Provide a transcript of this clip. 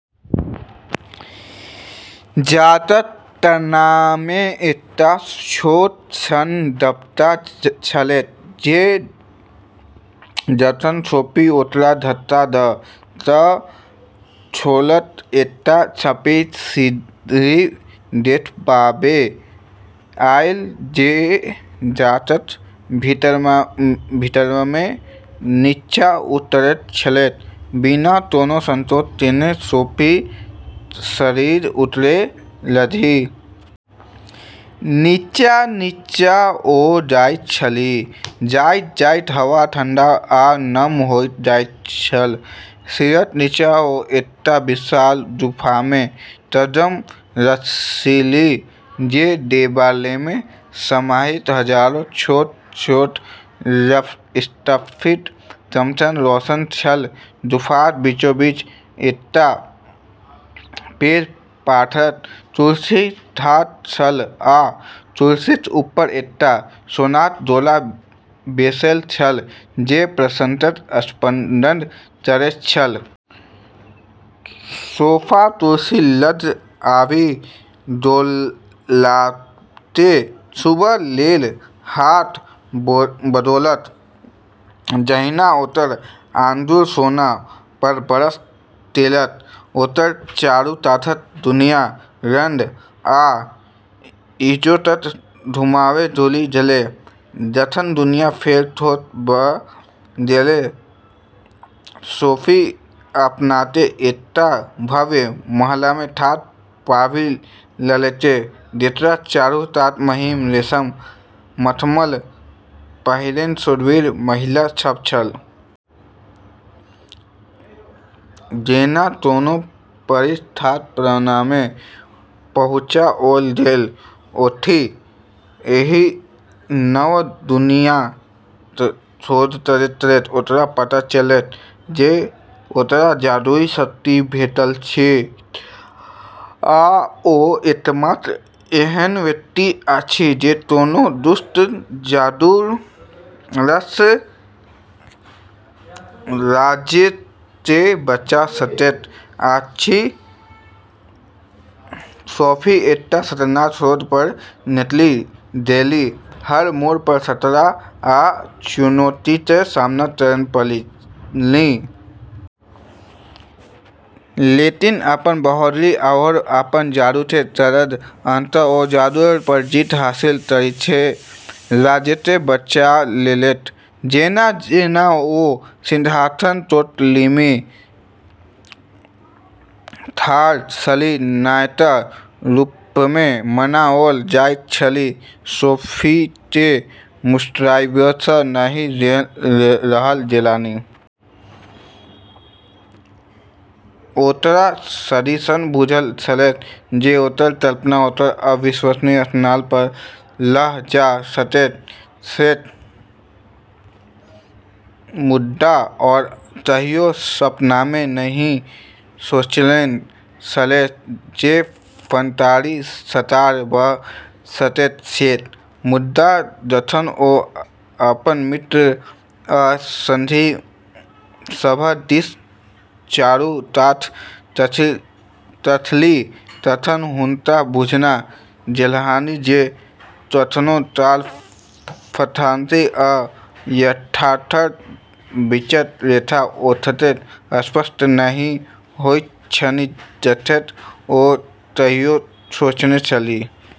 गाछक तनामे एकटा छोट सन दरबज्जा छलैक जे जखन सोफी ओकरा धक्का द' क' खोललकै त' एकटा सर्पिल सीढ़ी देखबामे आयल जे गाछक भीतरमे निच्चा उतरैत छलैक। बिना कोनो संकोच केने सोफी सीढ़ीसँ उतरै लगलीह। निच्चाँ - निच्चाँ ओ जाइत छलीह, जाइत-जाइत हवा ठंढा आ नम होइत जाइत छल। सीढ़ीक निच्चाँ ओ एकटा विशाल गुफामे कदम रखलीह, जे देबालमे समाहित हजारों छोट-छोट स्फटिकक चमकसँ रोशन छल। गुफाक बीचोबीच एकटा पैघ पाथरक कुरसी ठाढ़ छल, आ कुरसीक ऊपर एकटा सोनाक गोला बैसल छल, जे प्रकाशसँ स्पंदन करैत छल। सोफी कुरसी लग आबि गोलाकेँ छूबऽ लेल हाथ बढ़ौलक। जहिना ओकर आँगुर सोना पर ब्रश केलक, ओकर चारूकातक दुनिया रङ्ग आ इजोतक घुमावमे घुलि गेलै। जखन दुनिया फेर ठोस भ' गेलै त' सोफी अपनाके एकटा भव्य महलमे ठाढ़ पाबि लेलकै, जेकरा चारू कात महीन रेशम आ मखमल पहिरने शूरवीर आ महिला सब छल। जेना कोनो परीकथाक पन्नामे पहुँचाओल गेल होथि! एहि नव दुनियाँक खोज करैत-करैत ओकरा पता चललैक जे ओकरा जादुई शक्ति भेटल छैक आ ओ एकमात्र एहन व्यक्ति अछि जे कोनो दुष्ट जादूगरसँ राज्यकेँ बचा सकैत अछि सोफी एकटा खतरनाक खोज पर निकलि गेलीह, हर मोड़ पर खतरा आ चुनौतीके सामना करै पड़लनि। लेकिन, अपन बहादुरी आओर अपन जादूके सङ्ग, अंततः ओ जादूगर पर जीत हासिल करिके राज्यके बचा लेलकै। जेना-जेना ओ सिंहासन कोठलीमे ठाढ़ छलीह, नायकक रूपमे मनाओल जाइत छलीह, सोफीकेँ मुस्कुराएबसँ नहि रहल गेलनि। ओकरा सदिखन बूझल छलैक जे ओकर कल्पना ओकरा अविश्वसनीय स्थान पर ल' जा सकैत छैक, मुदा ओ कहियो सपनामे नहि सोचने छलैक जे फंतासी साकार भ' सकैत छैक। मुदा, जखन ओ अपन मित्र आ संगी सभ दिस चारू कात तकलीह, तखन हुनका बुझना गेलनि जे कखनो काल फंतासी आ यथार्थक बीचक रेखा ओतेक स्पष्ट नहि होइत छनि जतेक ओ कहियो सोचने छलीह।